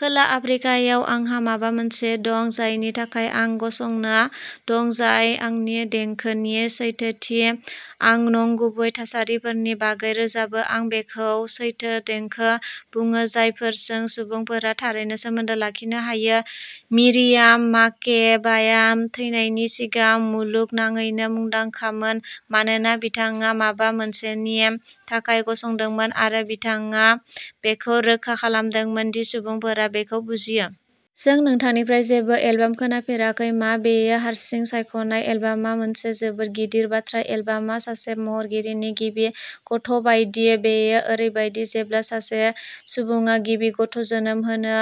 खोला आफ्रिकायाव आंहा माबा मोनसे दं जायनि थाखाय आं गसंना दं जाय आंनि देंखोनि सैथोथि आं नंगुबै थासारिफोरनि बागै रोजाबो आं बेखौ'सैथो देंखो बुङो जायफोरजों सुबुंफोरा थारैनो सोमोन्दो लाखिनो हायो मिरियाम माकेबाया थैनायनि सिगां मुलुगनाङैनो मुंदांखामोन मानोना बिथाङा माबा मोनसेनि थाखाय गसंदोंमोन आरो बिथाङा बेखौ रोखा खालामदोंमोन दि सुबुंफोरा बेखौ बुजियो। जों नोंथांनिफ्राय जेबो एलबाम खोनाफेराखै मा बेयो हारसिं सायख'नाय एलबामआ मोनसे जोबोद गिदिर बाथ्रा एलबामआ सासे महरगिरिनि गिबि गथ'बायदि बेयो ओरैबायदि जेब्ला सासे सुबुङा गिबि गथ'जोनोम होनो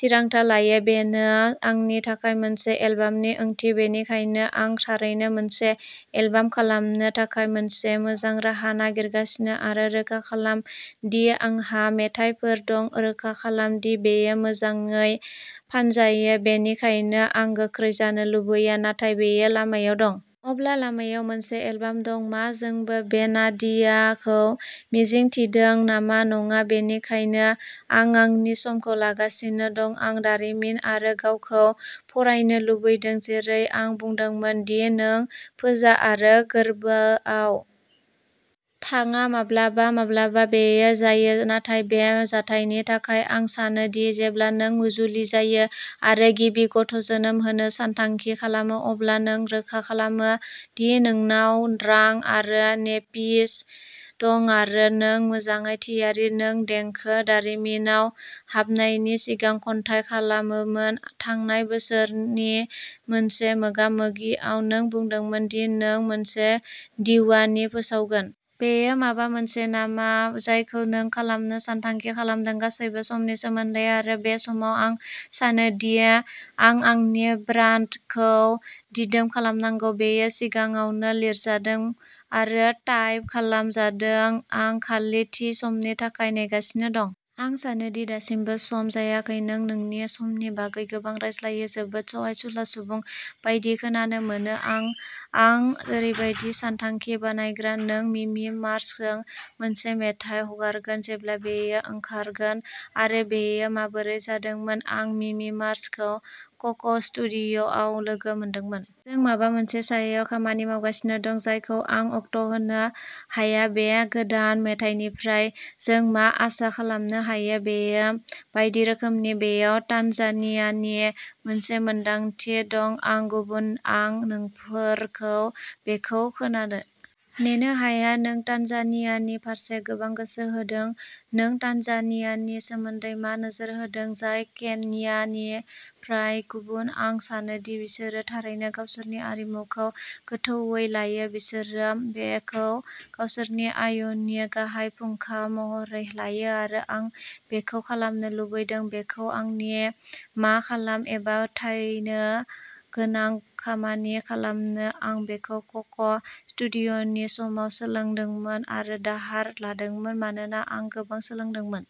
थिरांथा लायो बेनो आंनि थाखाय मोनसे एलबामनि ओंथि बेनिखायनो आं थारैनो मोनसे एलबाम खालामनो थाखाय मोनसे मोजां राहा नागिरगासिनो आरो रोखा खालाम दि आंहा मेथाइफोर दं रोखा खालाम दि बेयो मोजाङै फानजायो बेनिखायनो आं गोख्रै जानो लुबैया नाथाय बेयो लामायाव दं। अब्ला लामायाव मोनसे एलबाम दं मा जोंबो बे नादियाखौ मिजिं थिदों नामा नङा बेनिखायनो आं आंनि समखौ लागासिनो दं आं दारिमिन आरो गावखौ फरायनो लुबैदों जेरै आं बुंदोंमोन दि नों फोजा आरो गोर्बोआव थाङा माब्लाबा माब्लाबा बेयो जायो नाथाय बे जाथायनि थाखाय आं सानो दि जेब्ला नों जुलि जायो आरो गिबि गथ'जोनोम होनो सानथांखि खालामो अब्ला नों रोखा खालामो दि नोंनाव रां आरो नेपिस दं आरो नों मोजाङै थियारि नों देंखो दारिमिनाव हाबनायनि सिगां खन्थाइ खालामोमोन थांनाय बोसोरनि मोनसे मोगा-मोगियाव नों बुंदोंमोन दि नों मोनसे दिवानी फोसावगोन। बेयो माबा मोनसे नामा जायखौ नों खालामनो सानथांखि खालामदों गासैबो समनि सोमोन्दै आरो बे समाव आं सानोदि आं आंनि ब्रान्डखौ दिदोम खालामनांगौ बेयो सिगाङावनो लिरजादों आरो टाइप खालामजादों आं खालि थि समनि थाखाय नेगासिनो दं। आं सानो दि दासिमबो सम जायाखै नों नोंनि समनि बागै गोबां रायज्लायो जोबोद सहायसुला सुबुं बायदि खोनानो मोनो आं। आं ओरैबायदि सानथांखि बानायग्रा नों मिमि मार्सजों मोनसे मेथाइ हगारगोन जेब्ला बेयो ओंखारगोन आरो बेयो माबोरै जादोंमोन आं मिमि मार्सखौ क'क स्टुडिय'आव लोगो मोनदोंमोन। जों माबा मोनसे सायाव खामानि मावगासिनो दं जायखौ आं अक्ट'होनो हाया बे गोदान मेथाइनिफ्राय जों मा आसा खालामनो हायो बेयो बायदि रोखोमनि बेयाव तान्जानियानि मोनसे मोनदांथि दं आं गुबुन आं नोंफोरखौ बेखौ खोनानो नेनो हाया नों तान्जानियानि फारसे गोबां गोसो होदों नों तान्जानियानि सोमोन्दै मा नोजोर होदों जाय केन्यानिफ्राय गुबुन आं सानो दि बिसोरो थारैनो गावसोरनि आरिमुखौ गोथौवै लायो बिसोरो बेखौ गावसोरनि आयनि गाहाय फुंखा महरै लायो आरो आं बेखौ खालामनो लुबैदों बेखौ आंनि मा खालाम एबा थैनो गोनां खामानि खालामनो आं बेखौ क'क स्टुडिय'नि समाव सोलोंदोंमोन आरो दाहार लादोंमोन मानोना आं गोबां सोलोंदोंमोन।